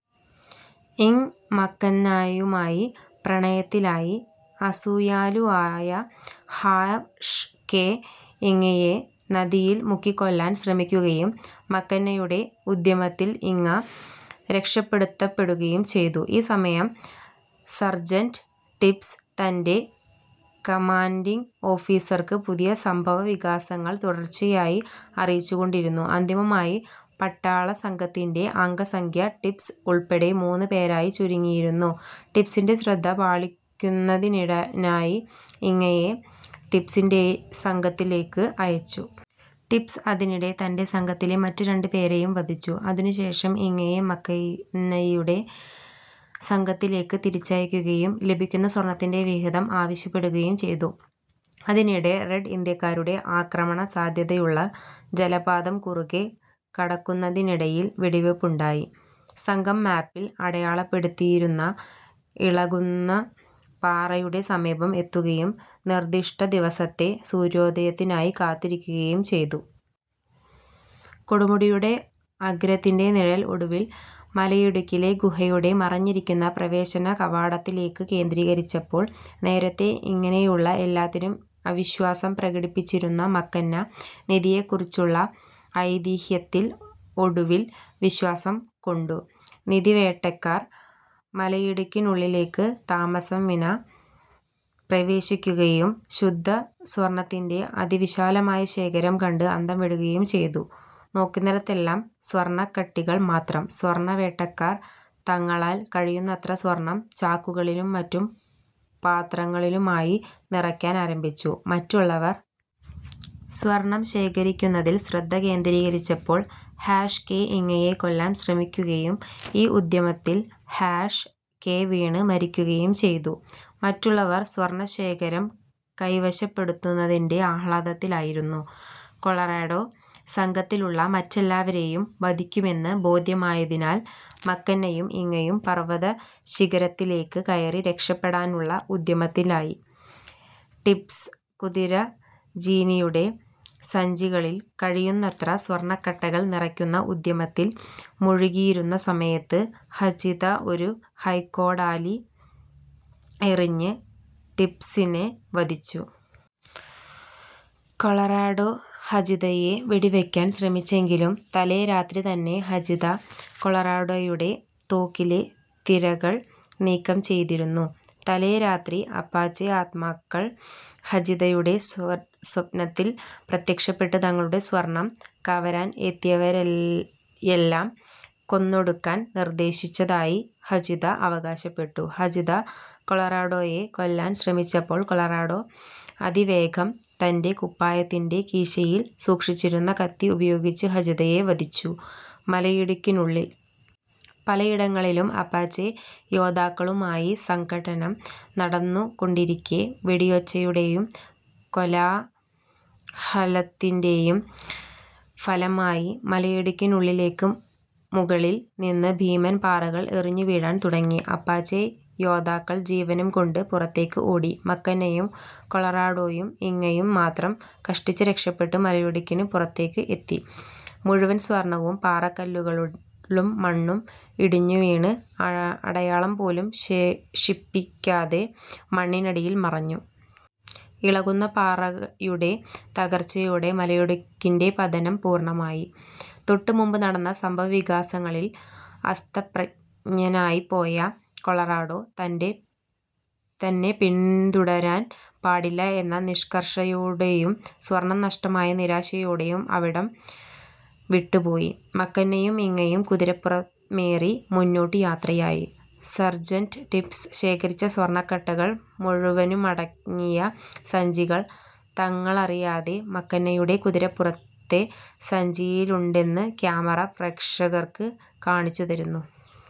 ഇങ് മക്കന്നായുമായി പ്രണയത്തിലായി. അസൂയാലുവായ hash K ഇങയെ നദിയിൽ മുക്കിക്കൊല്ലാൻ ശ്രമിക്കുകയും മക്കന്നയുടെ ഉദ്യമത്തിൽ ഇങ രക്ഷപ്പെടുത്തപ്പെടുകയും ചെയ്തു. ഈ സമയം സർജന്റ് ടിബ്സ് തൻ്റെകമാൻഡിംഗ് ഓഫീസർക്ക് പുതിയ സംഭവവികാസങ്ങൾ തുടർച്ചയായി അറിയിച്ചുകൊണ്ടിരുന്നു. അന്തിമമായി പട്ടാളസംഘത്തിൻ്റെഅംഗസംഖ്യ ടിബ്സ് ഉൾപ്പെടെ മൂന്ന് പേരായി ചുരുങ്ങിയിരുന്നു. ടിബ്സിൻ്റെ ശ്രദ്ധ പാളിക്കുന്നതിനായി ഇങയെ ടിബ്സിൻ്റെസംഘത്തിലേക്ക് അയച്ചു. ടിബ്സ് അതിനിടെ തൻ്റെസംഘത്തിലെ മറ്റു രണ്ട് പേരെയും വധിച്ചു. അതിനു ശേഷം ഇങയെ മക്കന്നയുടെ സംഘത്തിലേക്ക് തിരിച്ചയക്കുകയും ലഭിക്കുന്ന സ്വർണത്തിൻ്റെ വിഹിതം ആവശ്യപ്പെടുകയും ചെയ്തു. അതിനിടെ റെഡ് ഇന്ത്യക്കാരുടെ ആക്രമണസാധ്യതയുള്ള ജലപാതം കുറുകെ കടക്കുന്നതിനിടയിൽ വെടിവെപ്പുണ്ടായി. സംഘം മാപ്പിൽ അടയാളപ്പെടുത്തിയിരുന്ന ഇളകുന്ന പാറയുടെ സമീപം എത്തുകയും നിർദിഷ്ട ദിവസത്തെ സൂര്യോദയത്തിനായി കാത്തിരിക്കുകയും ചെയ്തു. കൊടുമുടിയുടെ അഗ്രത്തിൻ്റെനിഴൽ ഒടുവിൽ മലയിടുക്കിലെ ഗുഹയുടെ മറഞ്ഞിരിക്കുന്ന പ്രവേശനകവാടത്തിലേക്ക് കേന്ദ്രീകരിച്ചപ്പോൾ, നേരത്തേ ഇങ്ങനെയുള്ള എല്ലാറ്റിലും അവിശ്വാസം പ്രകടിപ്പിച്ചിരുന്ന മക്കന്ന നിധിയെക്കുറിച്ചുള്ള ഐതിഹ്യത്തിൽ ഒടുവിൽ വിശ്വാസം കൊണ്ടു. നിധിവേട്ടക്കാർ മലയിടുക്കിനുള്ളിലേക്ക് താമസംവിനാ പ്രവേശിക്കുകയും ശുദ്ധസ്വർണത്തിൻ്റെ അതിവിശാലമായ ശേഖരം കണ്ട് അന്തംവിടുകയും ചെയ്തു. നോക്കുന്നിടത്തെല്ലാം സ്വർണക്കട്ടികൾ മാത്രം. സ്വർണവേട്ടക്കാർ തങ്ങളാൽ കഴിയുന്നത്ര സ്വർണം ചാക്കുകളിലും മറ്റു പാത്രങ്ങളിലുമായി നിറയ്ക്കാൻ ആരംഭിച്ചു. മറ്റുള്ളവർ സ്വർണം ശേഖരിക്കുന്നതിൽ ശ്രദ്ധ കേന്ദ്രീകരിച്ചപ്പോൾ ഹാഷ് കെ ഇങയെ കൊല്ലാൻ ശ്രമിക്കുകയും ആ ഉദ്യമത്തിൽ ഹാഷ് കെ വീണ് മരിക്കുകയും ചെയ്തു. മറ്റുള്ളവർ സ്വർണശേഖരം കൈവശപ്പെടുത്തുന്നതിൻ്റെ ആഹ്ലാദത്തിലായിരുന്നു. കൊളറാഡോ സംഘത്തിലുള്ള മറ്റെല്ലാവരെയും വധിക്കുമെന്ന് ബോധ്യമായതിനാൽ മക്കന്നയും ഇങയും പർവതശിഖരത്തിലേക്ക് കയറി രക്ഷപ്പെടാനുള്ള ഉദ്യമത്തിലായി. ടിബ്സ് കുതിരജീനിയുടെ സഞ്ചികളിൽ കഴിയുന്നത്ര സ്വർണക്കട്ടകൾ നിറയ്ക്കുന്ന ഉദ്യമത്തിൽ മുഴുകിയിരുന്ന സമയത്ത് ഹചിത ഒരു കൈക്കോടാലി എറിഞ്ഞ് ടിബ്സിനെ വധിച്ചു. കൊളറാഡോ ഹചിതയെ വെടിവയ്ക്കാൻ ശ്രമിച്ചെങ്കിലും തലേ രാത്രി തന്നെ ഹചിത കൊളറാഡോയുടെ തോക്കിലെ തിരകൾ നീക്കം ചെയ്തിരുന്നു. തലേ രാത്രി അപ്പാച്ചെ ആത്മാക്കൾ ഹചിതയുടെ സ്വപ്നത്തിൽ പ്രത്യക്ഷപ്പെട്ട് തങ്ങളുടെ സ്വർണം കവരാൻ എത്തിയവരെയെല്ലാം കൊന്നൊടുക്കാൻ നിർദേശിച്ചതായി ഹചിത അവകാശപ്പെട്ടു. ഹചിത കൊളറാഡോയെ കൊല്ലാൻ ശ്രമിച്ചപ്പോൾ കൊളറാഡോ അതിവേഗം തൻ്റെകുപ്പായത്തിൻ്റെ കീശയിൽ സൂക്ഷിച്ചിരുന്ന കത്തി ഉപയോഗിച്ച് ഹചിതയെ വധിച്ചു. മലയിടുക്കിനുള്ളിൽ പലയിടങ്ങളിലും അപ്പാച്ചെ യോദ്ധാക്കളുമായി സംഘട്ടനം നടന്നുകൊണ്ടിരിക്കെ, വെടിയൊച്ചയുടെയും കോലാഹലത്തിൻ്റെയും ഫലമായി മലയിടുക്കിനുള്ളിലേക്ക് മുകളിൽ നിന്ന് ഭീമൻ പാറകൾ ഇടിഞ്ഞുവീഴാൻ തുടങ്ങി. അപ്പാച്ചെ യോദ്ധാക്കൾ ജീവനും കൊണ്ട് പുറത്തേക്ക് ഓടി. മക്കന്നയും കൊളറാഡോയും ഇങയും മാത്രം കഷ്ടിച്ച് രക്ഷപ്പെട്ട് മലയിടുക്കിന് പുറത്തേക്ക് എത്തി. മുഴുവൻ സ്വർണവും പാറക്കല്ലുകളും മണ്ണും ഇടിഞ്ഞുവീണ് അടയാളം പോലും ശേഷിപ്പിക്കാതെ മണ്ണിനടിയിൽ മറഞ്ഞു. ഇളകുന്ന പാറയുടെ തകർച്ചയോടെ മലയിടുക്കിൻ്റെപതനം പൂർണമായി. തൊട്ടുമുമ്പ് നടന്ന സംഭവവികാസങ്ങളിൽ അസ്തപ്രജ്ഞനായിപ്പോയ കൊളറാഡോ, തന്നെ പിന്തുടരാൻ പാടില്ല എന്ന നിഷ്കർഷയോടെയും സ്വർണം നഷ്ടമായ നിരാശയോടെയും അവിടം വിട്ടുപോയി. മക്കന്നയും ഇങയും കുതിരപ്പുറമേറി മുന്നോട്ടു യാത്രയായി. സർജന്റ് ടിബ്സ് ശേഖരിച്ച സ്വർണക്കട്ടകൾ മുഴുവനുമടങ്ങിയ സഞ്ചികൾ തങ്ങളറിയാതെ മക്കന്നയുടെ കുതിരപ്പുറത്തെ സഞ്ചിയിലുണ്ടെന്ന് ക്യാമറ പ്രേക്ഷകർക്ക് കാണിച്ചുതരുന്നു.